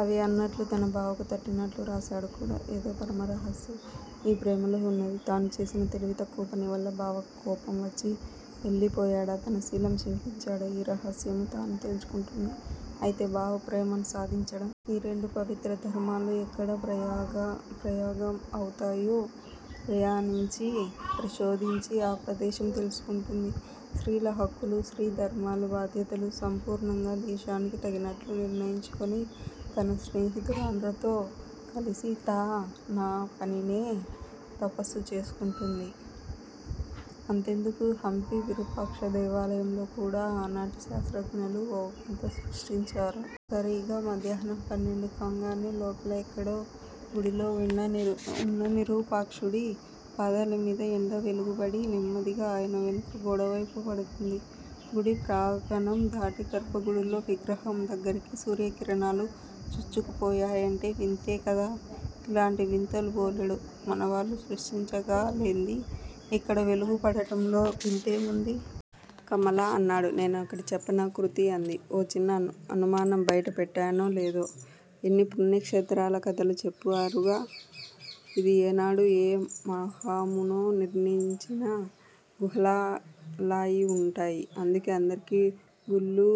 అని అన్నట్లు తన బావకు తట్టినట్లు రాశాడు కూడా! ఏదో పరమ రహస్యం ఈ ప్రేమలో ఉన్నది. తాను చేసిన తెలివి తక్కువ పనివల్ల బావకు కోపం వచ్చి వెళ్ళిపోయాడా? తన శీలం శంకించాడా? ఈ రహస్యమూ తాను తేల్చుకుంటుంది. అయితే బావ ప్రేమను సాధించడం? ఈ రెండు పవిత్ర ధర్మాలు ఎక్కడా ప్రయాగ అవుతాయో ప్రయాణించి పరిశోధించి ఆ ప్రదేశం తెలుసుకుంటుంది. స్త్రీల హక్కులూ, స్త్రీ ధర్మాలూ, బాధ్యతలూ సంపూర్ణంగా దేశానికి తగినట్లు నిర్ణయించుకొని తన స్నేహితురాండ్రతో కలిసి తా నా పనినే తపస్సు చేసుకుంటుంది. అంతెందుకు. హంపీ విరూపాక్షదేవాలయంలో కూడా ఆనాటి శాస్రజ్ఞలు ఓ వింత స్పష్టించారు. సరీగా మధ్యాహ్నం పన్నెండు కాంగానే లోపల ఎక్కడో గుడిలో వున్న నిరూపాక్షుడి పాదాలమీద ఎండ వెలుగుపడి నెమ్మదిగా అయన వెనుక గోడవైపు పడుతుంది. గుడి ప్రాగణందాటి గర్భగుడిలో విగ్రహం దగ్గరకి సూర్యకిరణాలు చొచ్చుకు పోయాయంటే వింతేకదా! ఇలాంటి వింతలు బోలెడు మన వాళ్ళు సృష్టించగాలేంది. ఇక్కడ వెలుగు పడటంలో వింతేముంది? కమల అన్నాడు. నేనొకటి చెప్పనా? కృతి అంది. ఓ చిన్న అనుమానం బైట పెట్టానో లేదో ఎన్ని పుణ్యక్షేత్రాల కధలు చెప్పారురా! ఇది ఓనాడు ఏ మహామునో నిర్మించిన గుహలాయివుంటాయి అందుకే అందరికీ గుళ్ళూ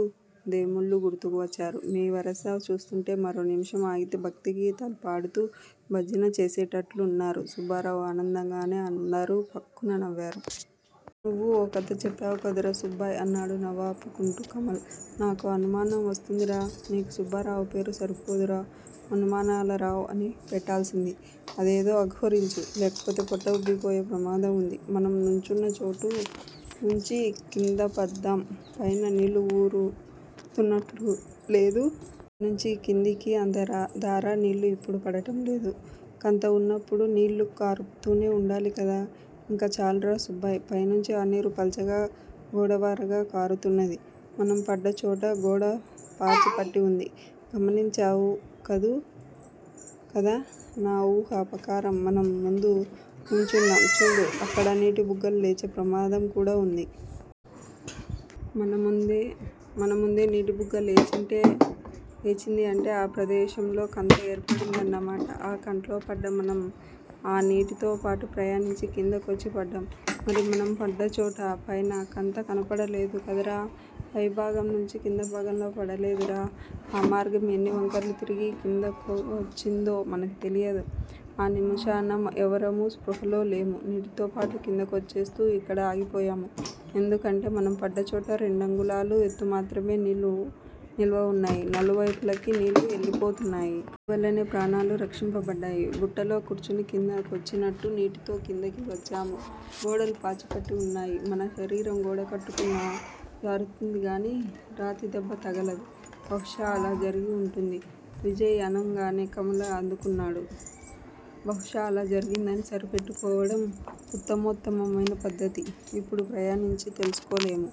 దేముళ్ళూ గుర్తుకు వచ్చారు మీ వరస చూస్తుంటే మరో నిమిషం ఆగితే భక్తీ గీతాలు పాడుతూ భజన చేసేటట్లు వున్నారు సుబ్బారావు అనంగానే అందరూ ఫక్కున నవ్వారు. నువ్వూ ఓ కధ చెప్పావు కదరా సుబ్బాయ్! అన్నాడు నవ్వాపుకుంటూ కమల్. నాకో అనుమానం వస్తుందిరా! నీకు సుబ్బారావుపేరు సరిపోదురా అనుమానాలరావ్ అని పెట్టాల్సింది. అదేదో అఘోరించు లేకపోతే పొట్ట వుబ్బిపోయే ప్రమాదం వుంది. మనం నుంచున్న చోటు నుంచి కిమ్దపద్దాం పైన నీళ్ళు వూరు తున్నట్లులేదు. పైనుంచి కిందికి అంత ధారా నీళ్ళు ఇప్పుడు పడటంలేదు. కంతవున్నప్పుడు నీళ్ళు కారుతూనే వుండాలికదా? ఇంక చాలురా సుబ్బాయ్! పైనుంచి ఆ నీరు పల్చగా గోడవారగా కారుతున్నది. మనం పడ్డచోట గోడ పాచిపట్టి వుంది. గమనిమ్చావు కదా! నా వూహా ప్రకారం మనం ముందు నుంచున్నాం చూడు అక్కడ నీటిబుగ్గలు లేచే ప్రమాదంకూడా వుంది. మనముందే నీటి బుగ్గ లేచింది అంటే ఆ ప్రదేశంలో కంత ఏర్పడిందన్నమాట. ఆ కంట్లోపడ్డ మనం ఆ నీటితోపాటు ప్రయాణించి కిందకొచ్చి పడ్డాం. మరి మనం పడ్డచోట పైన కంత కనబడలేదుకదురా! పై భాగంనుంచి కిందభాగంలో పడలేదురా! ఆ మార్గం ఎన్ని వంకర్లు తిరిగి కిమ్దకోచ్చిందో మనకి తెలియదు ఆ నిముషాన ఎవరమూ స్పృహాలోలేము నీటితోపాటు కిందకొచ్చేస్తూ ఇక్కడ ఆగిపోయాము ఎందుకంటే మనం పడ్డచోట రెండంగుళాలు ఎత్తుమాత్రమె నీళ్ళు నిలవవున్నాయి నలువైపులకి నీళ్ళు వెళ్ళిపోతున్నాయి. అందువల్లనే ప్రాణాలు రక్షింపబడ్డాయి. బుట్టలో కూర్చుని కింద కొచ్చి నట్టు నీటితో కిందికి వచ్చాము గోడలు పాచిపట్టి వున్నాయి మన శరీరం గోడకొట్టుకున్నా జారుతుందిగాని రాతిదెబ్బ తగలదు. బహుశా అలా జరుగివుంటుంది. విజయ్ అనంగానే కమల అందుకున్నాడు. బహుశా అలా జరిగిందని సరిపెట్టుకోవడం వుత్తమోత్తమమైన పద్దతి. ఇప్పుడు ప్రయాణించి తెలుసుకోలెము